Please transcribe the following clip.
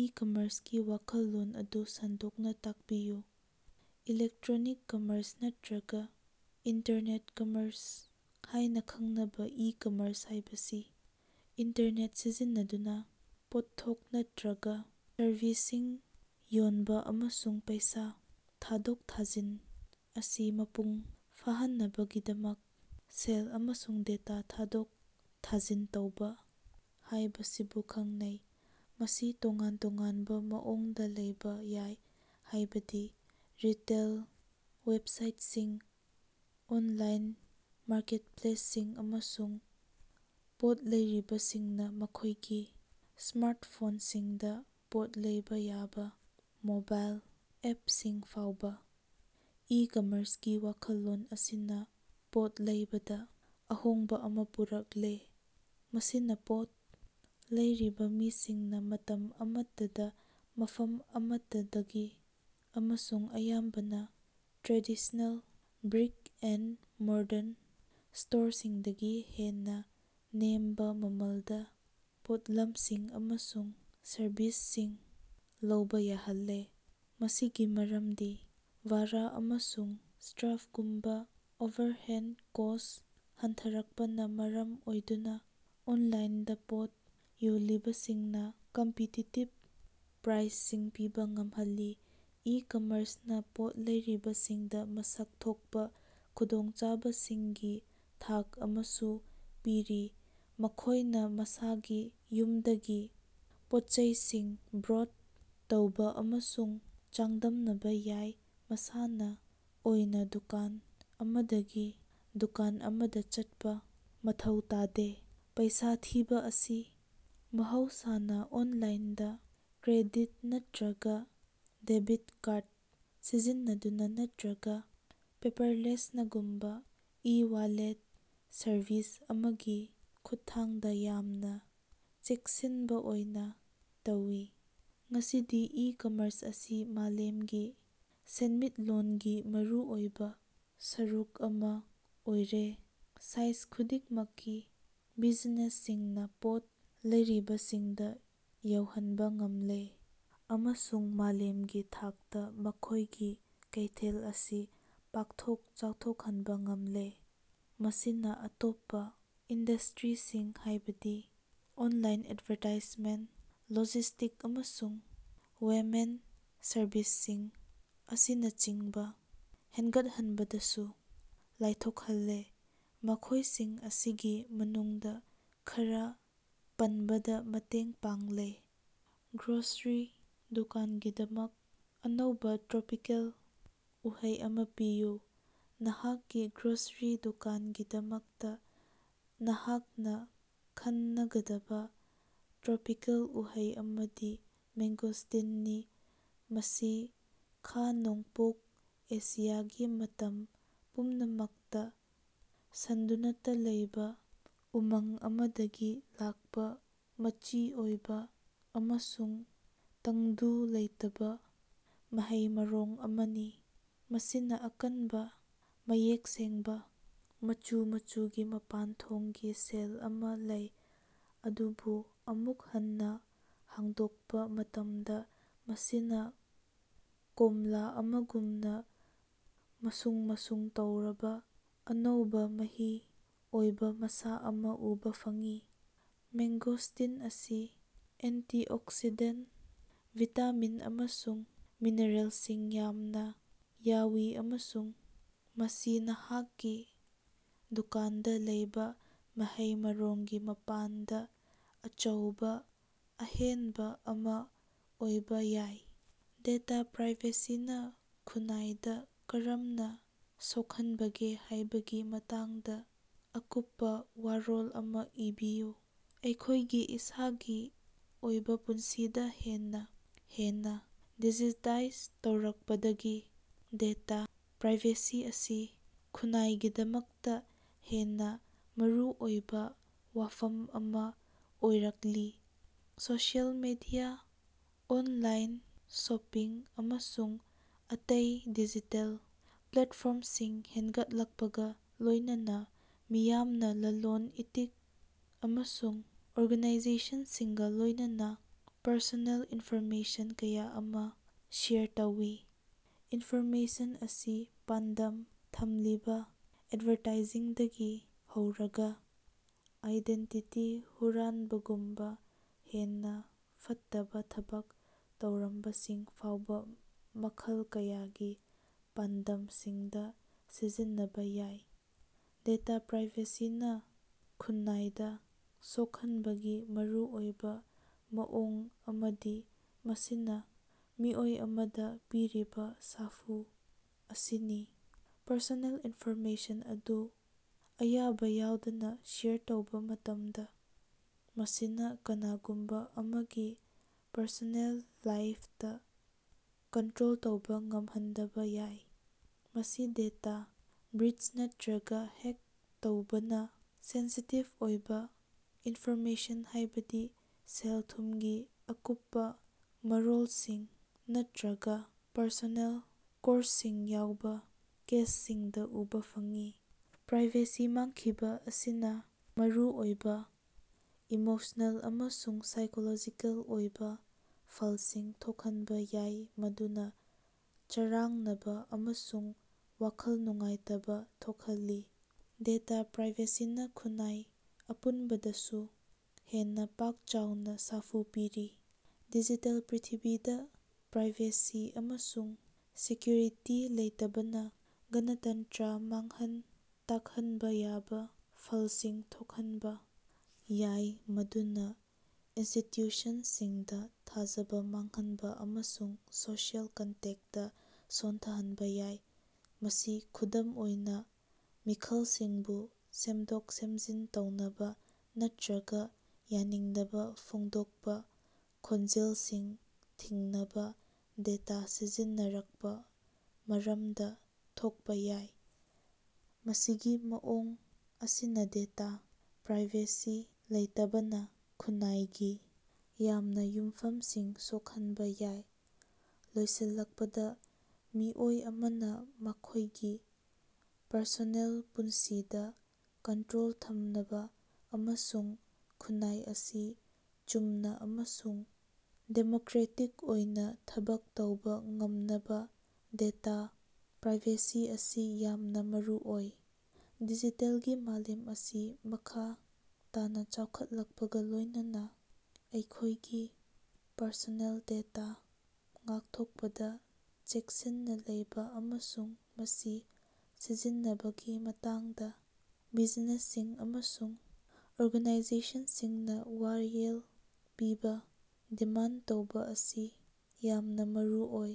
ꯏ-ꯀꯃꯔ꯭ꯁꯀꯤ ꯋꯥꯈꯜꯂꯣꯟ ꯑꯗꯨ ꯁꯟꯗꯣꯛꯅꯥ ꯇꯥꯛꯄꯤꯌꯨ꯫ ꯏꯂꯦꯛꯇꯔꯣꯅꯤꯛ ꯀꯃꯔꯁ ꯅꯠꯇ꯭ꯔꯒ ꯏꯟꯇꯔꯅꯦꯠ ꯀꯃꯔꯁ ꯍꯥꯢꯅ ꯈꯪꯅꯕꯥ ꯏ-ꯀꯃꯔꯁ ꯍꯥꯢꯕꯁꯤ ꯏꯟꯇꯔꯅꯦꯠ ꯁꯤꯖꯤꯟꯅꯗꯨꯅ ꯄꯣꯠꯊꯣꯛ ꯅꯠꯇ꯭ꯔꯒꯥ ꯔꯚꯤꯁꯁꯤꯡ ꯌꯣꯟꯕ ꯑꯃꯁꯨꯡ ꯄꯩꯁꯥ ꯊꯥꯗꯣꯛ ꯊꯥꯖꯤꯟ ꯑꯁꯤ ꯃꯄꯨꯡ ꯐꯥꯍꯟꯅꯕꯒꯤꯗꯃꯛ ꯁꯦꯜ ꯑꯃꯁꯨꯡ ꯗꯦꯇꯥ ꯊꯥꯗꯣꯛ ꯊꯥꯖꯤꯟ ꯇꯧꯕꯥ ꯍꯥꯢꯕꯁꯤꯕꯨ ꯈꯪꯅꯩ꯫ ꯃꯁꯤ ꯇꯣꯉꯥꯟ-ꯇꯣꯉꯥꯟꯕ ꯃꯑꯣꯡꯗ ꯂꯧꯕꯥ ꯌꯥꯏ ꯍꯥꯢꯕꯗꯤ ꯔꯤꯇꯦꯜ ꯋꯦꯕꯁꯥꯏꯇꯁꯤꯡ, ꯑꯣꯟꯂꯥꯏꯟ ꯃꯥꯔꯀꯦꯠꯄ꯭ꯂꯦꯁꯁꯤꯡ ꯑꯃꯁꯨꯡ ꯄꯣꯠ ꯂꯩꯔꯤꯕꯁꯤꯡꯅ ꯃꯈꯣꯢꯒꯤ ꯁ꯭ꯃꯥꯔꯇꯐꯣꯟꯁꯤꯡꯗ ꯄꯣꯠ ꯂꯩꯕꯥ ꯌꯥꯕ ꯃꯣꯕꯥꯏꯜ ꯑꯦꯞꯁꯤꯡ ꯐꯥꯎꯕ꯫ ꯏ-ꯀꯃꯔꯁꯀꯤ ꯋꯥꯈꯜꯂꯣꯟ ꯑꯁꯤꯅ ꯄꯣꯠ ꯂꯩꯕꯗ ꯑꯍꯣꯡꯕ ꯑꯃ ꯄꯨꯔꯛꯂꯦ ꯃꯁꯤꯅ ꯄꯣꯠ ꯂꯩꯔꯤꯕ ꯃꯤꯁꯤꯡꯅ ꯃꯇꯝ ꯑꯃꯠꯇꯗ ꯃꯐꯝ ꯑꯃꯠꯇꯗꯒꯤ ꯑꯃꯁꯨꯡ ꯑꯌꯥꯝꯕꯅ ꯇ꯭ꯔꯦꯗꯤꯁꯅꯦꯜ ꯕ꯭ꯔꯤꯛ-ꯑꯦꯟꯗ-ꯃꯣꯔꯗ꯭ꯔꯟ ꯁ꯭ꯇꯣꯔꯁꯤꯡꯗꯒꯤ ꯍꯦꯟꯅ ꯅꯦꯝꯕ ꯃꯃꯜꯗ ꯄꯣꯠꯂꯝꯁꯤꯡ ꯑꯃꯁꯨꯡ ꯁꯔꯕꯤꯁꯁꯤꯡ ꯂꯧꯕꯥ ꯌꯥꯍꯜꯂꯦ꯫ ꯃꯁꯤꯒꯤ ꯃꯔꯝꯗꯤ ꯚꯥꯔꯥ ꯑꯃꯁꯨꯡ ꯁꯇ꯭ꯥꯔꯐꯒꯨꯝꯕ ꯑꯣꯚꯔꯍꯦꯟ ꯀꯣꯁ꯭ꯠ ꯍꯟꯊꯔꯛꯄꯅ ꯃꯔꯝ ꯑꯣꯏꯗꯨꯅ ꯑꯣꯟꯂꯥꯏꯟꯗ ꯄꯣꯠ ꯌꯣꯜꯂꯤꯕꯁꯤꯡꯅ ꯀꯝꯄꯤꯇꯤꯇꯤꯕ ꯄ꯭ꯔꯥꯏꯁꯤꯡ ꯄꯤꯕꯥ ꯉꯝꯍꯜꯂꯤ꯫ ꯏ-ꯀꯝꯃꯔꯁꯅ ꯄꯣꯠ ꯂꯩꯔꯤꯕꯁꯤꯡꯗ ꯃꯁꯛ ꯊꯣꯛꯄꯥ ꯈꯨꯗꯣꯡꯆꯥꯕꯁꯤꯡꯒꯤ ꯊꯥꯛ ꯑꯃꯁꯨ ꯄꯤꯔꯤ ꯃꯈꯣꯢꯅ ꯃꯁꯥꯒꯤ ꯌꯨꯝꯗꯒꯤ ꯄꯣꯠꯆꯩꯁꯤꯡ ꯕ꯭ꯔꯣꯗ ꯇꯧꯕꯥ ꯑꯃꯁꯨꯡ ꯆꯥꯡꯗꯝꯅꯕ ꯌꯥꯏ ꯃꯁꯥꯅ ꯑꯣꯏꯅꯥ ꯗꯨꯀꯥꯟ ꯑꯃꯗꯒꯤ ꯗꯨꯀꯥꯟ ꯑꯃꯗ ꯆꯠꯄꯥ ꯃꯊꯧ ꯇꯥꯗꯦ꯫ ꯄꯩꯁꯥ ꯊꯤꯕ ꯑꯁꯤ ꯃꯍꯧꯁꯥꯅ ꯑꯣꯟꯂꯥꯏꯟꯗ ꯀ꯭ꯔꯦꯗꯤꯠ ꯅꯠꯇ꯭ꯔꯒ ꯗꯦꯕꯤꯠ ꯀꯥꯔꯗ ꯁꯤꯖꯤꯟꯅꯗꯨꯅ ꯅꯠꯇ꯭ꯔꯒ ꯄꯦꯄꯔꯂꯦꯁꯅꯒꯨꯝꯕ ꯏ-ꯋꯥꯂꯦꯠ ꯁꯔꯚꯤꯁ ꯑꯃꯒꯤ ꯈꯨꯠꯊꯥꯡꯗ ꯌꯥꯝꯅ ꯆꯦꯛꯁꯤꯟꯕ ꯑꯣꯏꯅ ꯇꯧꯏ꯫ ꯉꯁꯤꯗꯤ ꯏ-ꯀꯃꯔꯁ ꯑꯁꯤ ꯃꯥꯂꯦꯝꯒꯤ ꯁꯦꯟꯃꯤꯠꯂꯣꯟꯒꯤ ꯃꯔꯨꯑꯣꯏꯕ ꯁꯔꯨꯛ ꯑꯃꯥ ꯑꯣꯏꯔꯦ ꯁꯥꯏꯖ ꯈꯨꯗꯤꯡꯃꯛꯀꯤ ꯕꯤꯖꯤꯅꯦꯁꯁꯤꯡꯅ ꯄꯣꯠ ꯂꯩꯔꯤꯕꯁꯤꯡꯗ ꯌꯧꯍꯟꯕ ꯉꯝꯂꯦ ꯑꯃꯁꯨꯡ ꯃꯥꯂꯦꯝꯒꯤ ꯊꯥꯛꯇ ꯃꯈꯣꯢꯒꯤ ꯀꯩꯊꯦꯜ ꯑꯁꯤ ꯄꯥꯛꯊꯣꯛ ꯆꯥꯎꯊꯣꯛꯍꯟꯕ ꯉꯝꯂꯦ꯫ ꯃꯁꯤꯅꯥ ꯑꯇꯣꯞꯄ ꯏꯟꯗꯁꯇ꯭ꯔꯤꯁꯤꯡ ꯍꯥꯢꯕꯗꯤ ꯑꯣꯟꯂꯥꯏꯟ ꯑꯦꯗꯚꯥꯔꯇꯥꯏꯖꯃꯦꯟꯇ, ꯂꯣꯖꯤꯁ꯭ꯇꯤꯛ ꯑꯃꯁꯨꯡ ꯋꯦꯃꯦꯟꯇ ꯁꯔꯕꯤꯁꯁꯤꯡ ꯑꯁꯤꯅꯆꯤꯡꯕ ꯍꯦꯟꯒꯠꯍꯟꯕꯗꯁꯨ ꯂꯥꯏꯊꯣꯛꯍꯜꯂꯦ ꯃꯈꯣꯢꯁꯤꯡ ꯑꯁꯤꯒꯤ ꯃꯅꯨꯡꯗ ꯈꯔ ꯄꯟꯕꯗ ꯃꯇꯦꯡ ꯄꯥꯡꯂꯦ꯫ ꯒ꯭ꯔꯣꯁꯔꯤ ꯗꯨꯀꯥꯟꯒꯤꯗꯃꯛ ꯑꯅꯧꯕꯥ ꯇ꯭ꯔꯣꯄꯤꯀꯦꯜ ꯎꯍꯩ ꯑꯃ ꯄꯤꯌꯨ꯫ ꯅꯍꯥꯛꯀꯤ ꯒ꯭ꯔꯣꯁꯔꯤ ꯗꯨꯀꯥꯟꯒꯤꯗꯃꯛꯇ ꯅꯍꯥꯛꯅ ꯈꯟꯅꯒꯗꯕ ꯇ꯭ꯔꯣꯄꯤꯀꯦꯜ ꯎꯍꯩ ꯑꯃꯗꯤ ꯃꯦꯡꯒꯣꯁꯇꯤꯟꯅꯤ꯫ ꯃꯁꯤ ꯈꯥ-ꯅꯣꯡꯄꯣꯛ ꯑꯦꯁꯤꯌꯥꯒꯤ ꯃꯇꯝ ꯄꯨꯝꯅꯃꯛꯇ ꯁꯟꯗꯨꯅꯇ ꯂꯩꯕ ꯎꯃꯪ ꯑꯃꯗꯒꯤ ꯂꯥꯛꯄꯥ ꯃꯆꯤ ꯑꯣꯏꯕ ꯑꯃꯁꯨꯡ ꯇꯪꯗꯨ ꯂꯩꯇꯕꯥ ꯃꯍꯩ-ꯃꯔꯣꯡ ꯑꯃꯅꯤ꯫ ꯃꯁꯤꯅ ꯑꯀꯟꯕꯥ ꯃꯌꯦꯛ ꯁꯦꯡꯕꯥ ꯃꯆꯨ ꯃꯆꯨꯒꯤ ꯃꯄꯥꯟꯊꯣꯡꯒꯤ ꯁꯦꯜ ꯑꯃꯥ ꯂꯩ ꯑꯗꯨꯕꯨ ꯑꯃꯨꯛ ꯍꯟꯅ ꯍꯥꯡꯗꯣꯛꯄ ꯃꯇꯝꯗ ꯃꯁꯤꯅꯥ ꯀꯣꯝꯂꯥ ꯑꯃꯒꯨꯝꯅ ꯃꯁꯨꯡ ꯃꯁꯨꯡ ꯇꯧꯔꯕꯥ ꯑꯅꯧꯕ ꯃꯍꯤ ꯑꯣꯏꯕ ꯃꯁꯥ ꯑꯃ ꯎꯕ ꯐꯪꯏ꯫ ꯃꯦꯡꯒꯣꯁꯇꯤꯟ ꯑꯁꯤ ꯑꯦꯟꯇꯤꯑꯣꯛꯁꯤꯗꯦꯟꯇ, ꯚꯤꯇꯥꯃꯤꯟ ꯑꯃꯁꯨꯡ ꯃꯤꯅꯔꯦꯜꯁꯤꯡ ꯌꯥꯝꯅ ꯌꯥꯎꯏ ꯑꯃꯁꯨꯡ ꯃꯁꯤ ꯅꯍꯥꯛꯀꯤ ꯗꯨꯀꯥꯟꯗ ꯂꯩꯕꯥ ꯃꯍꯩ-ꯃꯔꯣꯡꯒꯤ ꯃꯄꯥꯟꯗ ꯑꯆꯧꯕ ꯑꯍꯦꯟꯕ ꯑꯃ ꯑꯣꯏꯕ ꯌꯥꯏ꯫ ꯗꯦꯇꯥ ꯄ꯭ꯔꯥꯏꯚꯦꯁꯤꯅ ꯈꯨꯟꯅꯥꯏꯗ ꯀꯔꯝꯅ ꯁꯣꯛꯍꯟꯕꯒꯦ ꯍꯥꯢꯕꯒꯤ ꯃꯇꯥꯡꯗ ꯑꯀꯨꯞꯄ ꯋꯥꯔꯣꯜ ꯑꯃ ꯏꯕꯤꯌꯨ꯫ ꯑꯩꯈꯣꯢꯒꯤ ꯏꯁꯥꯒꯤ ꯑꯣꯏꯕ ꯄꯨꯟꯁꯤꯗ ꯍꯦꯟꯅ ꯍꯦꯟꯅ ꯗꯤꯖꯤꯇꯥꯏꯖ ꯇꯧꯔꯛꯄꯗꯒꯤ ꯗꯦꯇꯥ ꯄ꯭ꯔꯥꯏꯚꯦꯁꯤ ꯑꯁꯤ ꯈꯨꯟꯅꯥꯏꯒꯤꯗꯃꯛꯇ ꯍꯦꯟꯅ ꯃꯔꯨꯑꯣꯏꯕ ꯋꯥꯐꯝ ꯑꯃ ꯑꯣꯏꯔꯛꯂꯤ꯫ ꯁꯣꯁꯤꯑꯦꯜ ꯃꯤꯗꯤꯌꯥ, ꯑꯣꯟꯂꯥꯏꯟ ꯁꯣꯄꯤꯡ, ꯑꯃꯁꯨꯡ ꯑꯇꯩ ꯗꯤꯖꯤꯇꯦꯜ ꯄ꯭ꯂꯦꯠꯐꯣꯔꯃꯁꯤꯡ ꯍꯦꯟꯒꯠꯂꯛꯄꯒ ꯂꯣꯢꯅꯅ ꯃꯤꯌꯥꯝꯅ ꯂꯂꯣꯟ-ꯏꯇꯤꯛ ꯑꯃꯁꯨꯡ ꯑꯣꯔꯒꯥꯅꯥꯏꯖꯦꯁꯟꯁꯤꯡꯒ ꯂꯣꯢꯅꯅꯥ ꯄꯔꯁꯣꯅꯦꯜ ꯏꯟꯐꯣꯔꯃꯦꯁꯟ ꯀꯌꯥ ꯑꯃ ꯁꯦꯌꯔ ꯇꯧꯏ꯫ ꯏꯟꯐꯣꯔꯃꯦꯁꯟ ꯑꯁꯤ ꯄꯥꯟꯗꯝ ꯊꯝꯂꯤꯕ ꯑꯦꯗꯚꯥꯔꯇꯥꯏꯖꯤꯡꯗꯒꯤ ꯍꯧꯔꯒ ꯑꯥꯏꯗꯦꯟꯇꯤꯇꯤ ꯍꯨꯔꯥꯟꯕꯒꯨꯝꯕ ꯍꯦꯟꯅ ꯐꯠꯇꯕ ꯊꯕꯛ ꯇꯧꯔꯝꯕꯁꯤꯡ ꯐꯥꯎꯕ ꯃꯈꯜ ꯀꯌꯥꯒꯤ ꯄꯥꯟꯗꯝꯁꯤꯡꯗ ꯁꯤꯖꯤꯟꯅꯕ ꯌꯥꯏ꯫ ꯗꯦꯇꯥ ꯄ꯭ꯔꯥꯏꯚꯦꯁꯤꯅꯥ ꯈꯨꯟꯅꯥꯏꯗ ꯁꯣꯛꯍꯟꯕꯒꯤ ꯃꯔꯨꯑꯣꯏꯕ ꯃꯑꯣꯡ ꯑꯃꯗꯤ ꯃꯁꯤꯅ ꯃꯤꯑꯣꯏ ꯑꯃꯗ ꯄꯤꯔꯤꯕ ꯁꯥꯐꯨ ꯑꯁꯤꯅꯤ꯫ ꯄꯔꯁꯣꯅꯦꯜ ꯏꯟꯐꯣꯔꯃꯦꯁꯟ ꯑꯗꯨ ꯑꯌꯥꯕ ꯌꯥꯎꯗꯅ ꯁꯦꯌꯔ ꯇꯧꯕ ꯃꯇꯝꯗꯥ ꯃꯁꯤꯅꯥ ꯀꯅꯥꯒꯨꯝꯕ ꯑꯃꯒꯤ ꯄꯔꯁꯣꯅꯦꯜ ꯂꯥꯏꯐꯇ ꯀꯟꯇ꯭ꯔꯣꯜ ꯇꯧꯕ ꯉꯝꯍꯟꯗꯕ ꯌꯥꯏ꯫ ꯃꯁꯤ ꯗꯦꯇꯥ ꯕ꯭ꯔꯤꯆ ꯅꯠꯇ꯭ꯔꯒ ꯍꯦꯛ ꯇꯧꯕꯅ ꯁꯦꯟꯁꯤꯇꯤꯚ ꯑꯣꯏꯕ ꯏꯟꯐꯣꯔꯃꯦꯁꯟ ꯍꯥꯢꯕꯗꯤ ꯁꯦꯜ-ꯊꯨꯝꯒꯤ ꯑꯀꯨꯞꯄ ꯃꯔꯣꯜꯁꯤꯡ ꯅꯠꯇ꯭ꯔꯒ ꯄꯔꯁꯣꯅꯦꯜ ꯀꯣꯔꯁꯁꯤꯡ ꯌꯥꯎꯕ ꯀꯦꯁꯁꯤꯡꯗ ꯎꯕ ꯐꯪꯏ꯫ ꯄ꯭ꯔꯥꯏꯚꯦꯁꯤ ꯃꯥꯡꯈꯤꯕ ꯑꯁꯤꯅ ꯃꯔꯨꯑꯣꯏꯕ ꯏꯃꯣꯁꯅꯦꯜ ꯑꯃꯁꯨꯡ ꯁꯥꯏꯀꯣꯂꯣꯖꯤꯀꯦꯜ ꯑꯣꯏꯕ ꯐꯜꯁꯤꯡ ꯊꯣꯛꯍꯟꯕ ꯌꯥꯏ ꯃꯗꯨꯅ ꯆꯔꯥꯡꯅꯕ ꯑꯃꯁꯨꯡ ꯋꯥꯈꯜ ꯅꯨꯡꯉꯥꯏꯇꯕ ꯊꯣꯛꯍꯜꯂꯤ꯫ ꯗꯦꯇꯥ ꯄ꯭ꯔꯥꯏꯚꯦꯁꯤꯅ ꯈꯨꯟꯅꯥꯏ ꯑꯄꯨꯟꯕꯗꯁꯨ ꯍꯦꯟꯅ ꯄꯥꯛ-ꯆꯥꯎꯅ ꯁꯥꯐꯨ ꯄꯤꯔꯤ꯫ ꯗꯤꯖꯤꯇꯦꯜ ꯄ꯭ꯔꯤꯊꯤꯕꯤꯗ ꯄ꯭ꯔꯥꯏꯚꯦꯁꯤ ꯑꯃꯁꯨꯡ ꯁꯦꯀ꯭ꯌꯨꯔꯤꯇꯤ ꯂꯩꯇꯕꯅ ꯒꯅꯇꯟꯇ꯭ꯔ ꯃꯥꯡꯍꯟ ꯇꯥꯛꯍꯟꯕ ꯌꯥꯕꯥ ꯐꯜꯁꯤꯡ ꯊꯣꯛꯍꯟꯕ ꯌꯥꯏ ꯃꯗꯨꯅ ꯏꯟꯁꯇꯤꯇ꯭ꯌꯨꯁꯟꯁꯤꯡꯗ ꯊꯥꯖꯕ ꯃꯥꯡꯍꯟꯕ ꯑꯃꯁꯨꯡ ꯁꯣꯁꯤꯑꯦꯜ ꯀꯟꯇꯦꯛꯇ ꯁꯣꯟꯊꯍꯟꯕꯥ ꯌꯥꯏ꯫ ꯃꯁꯤ ꯈꯨꯗꯝ ꯑꯣꯏꯅ ꯃꯤꯈꯜꯁꯤꯡꯕꯨ ꯁꯦꯝꯗꯣꯛ-ꯁꯦꯝꯖꯤꯟ ꯇꯧꯅꯕ ꯅꯠꯇ꯭ꯔꯒꯥ ꯌꯥꯅꯤꯡꯗꯕ ꯐꯣꯡꯗꯣꯛꯄꯥ ꯈꯣꯟꯖꯦꯜꯁꯤꯡ ꯊꯤꯡꯅꯕ ꯗꯦꯇꯥ ꯁꯤꯖꯤꯟꯅꯔꯛꯄꯥ ꯃꯔꯝꯗ ꯊꯣꯛꯄꯥ ꯌꯥꯏ꯫ ꯃꯁꯤꯒꯤ ꯃꯑꯣꯡ ꯑꯁꯤꯅꯥ ꯗꯦꯇꯥ ꯄ꯭ꯔꯥꯏꯚꯦꯁꯤ ꯂꯩꯇꯕꯅ ꯈꯨꯟꯅꯥꯏꯒꯤ ꯌꯥꯝꯅ ꯌꯨꯝꯐꯝꯁꯤꯡ ꯁꯣꯛꯍꯟꯕꯥ ꯌꯥꯏ꯫ ꯂꯣꯏꯁꯤꯜꯂꯛꯄꯗ ꯃꯤꯑꯣꯏ ꯑꯃꯅ ꯃꯈꯣꯢꯒꯤ ꯄꯔꯁꯣꯅꯦꯜ ꯄꯨꯟꯁꯤꯗ ꯀꯟꯇ꯭ꯔꯣꯜ ꯊꯝꯅꯕ ꯑꯃꯁꯨꯡ ꯈꯨꯟꯅꯥꯏ ꯑꯁꯤ ꯆꯨꯝꯅ ꯑꯃꯁꯨꯡ ꯗꯦꯃꯣꯀ꯭ꯔꯦꯇꯤꯛ ꯑꯣꯏꯅ ꯊꯕꯛ ꯇꯧꯕ ꯉꯝꯅꯕ ꯗꯦꯇꯥ ꯄ꯭ꯔꯥꯏꯚꯦꯁꯤ ꯑꯁꯤ ꯌꯥꯝꯅ ꯃꯔꯨꯑꯣꯏ꯫ ꯗꯤꯖꯤꯇꯦꯜꯒꯤ ꯃꯥꯂꯦꯝ ꯑꯁꯤ ꯃꯈꯥ ꯇꯥꯅꯥ ꯆꯥꯎꯈꯠꯂꯛꯄꯒ ꯂꯣꯢꯅꯅꯥ ꯑꯩꯈꯣꯢꯒꯤ ꯄꯔꯁꯣꯅꯦꯜ ꯗꯦꯇꯥ ꯉꯥꯛꯊꯣꯛꯄꯗ ꯆꯦꯛꯁꯤꯟꯅ ꯂꯩꯕꯥ ꯑꯃꯁꯨꯡ ꯃꯁꯤ ꯁꯤꯖꯤꯟꯅꯕꯒꯤ ꯃꯇꯥꯡꯗ ꯕꯤꯖꯤꯅꯦꯁꯁꯤꯡ ꯑꯃꯁꯨꯡ ꯑꯣꯔꯒꯅꯥꯏꯖꯦꯁꯟꯁꯤꯡꯅ ꯋꯥꯌꯦꯜ ꯄꯤꯕ ꯗꯤꯃꯥꯟ ꯇꯧꯕꯥ ꯑꯁꯤ ꯌꯥꯝꯅꯥ ꯃꯔꯨꯑꯣꯏ꯫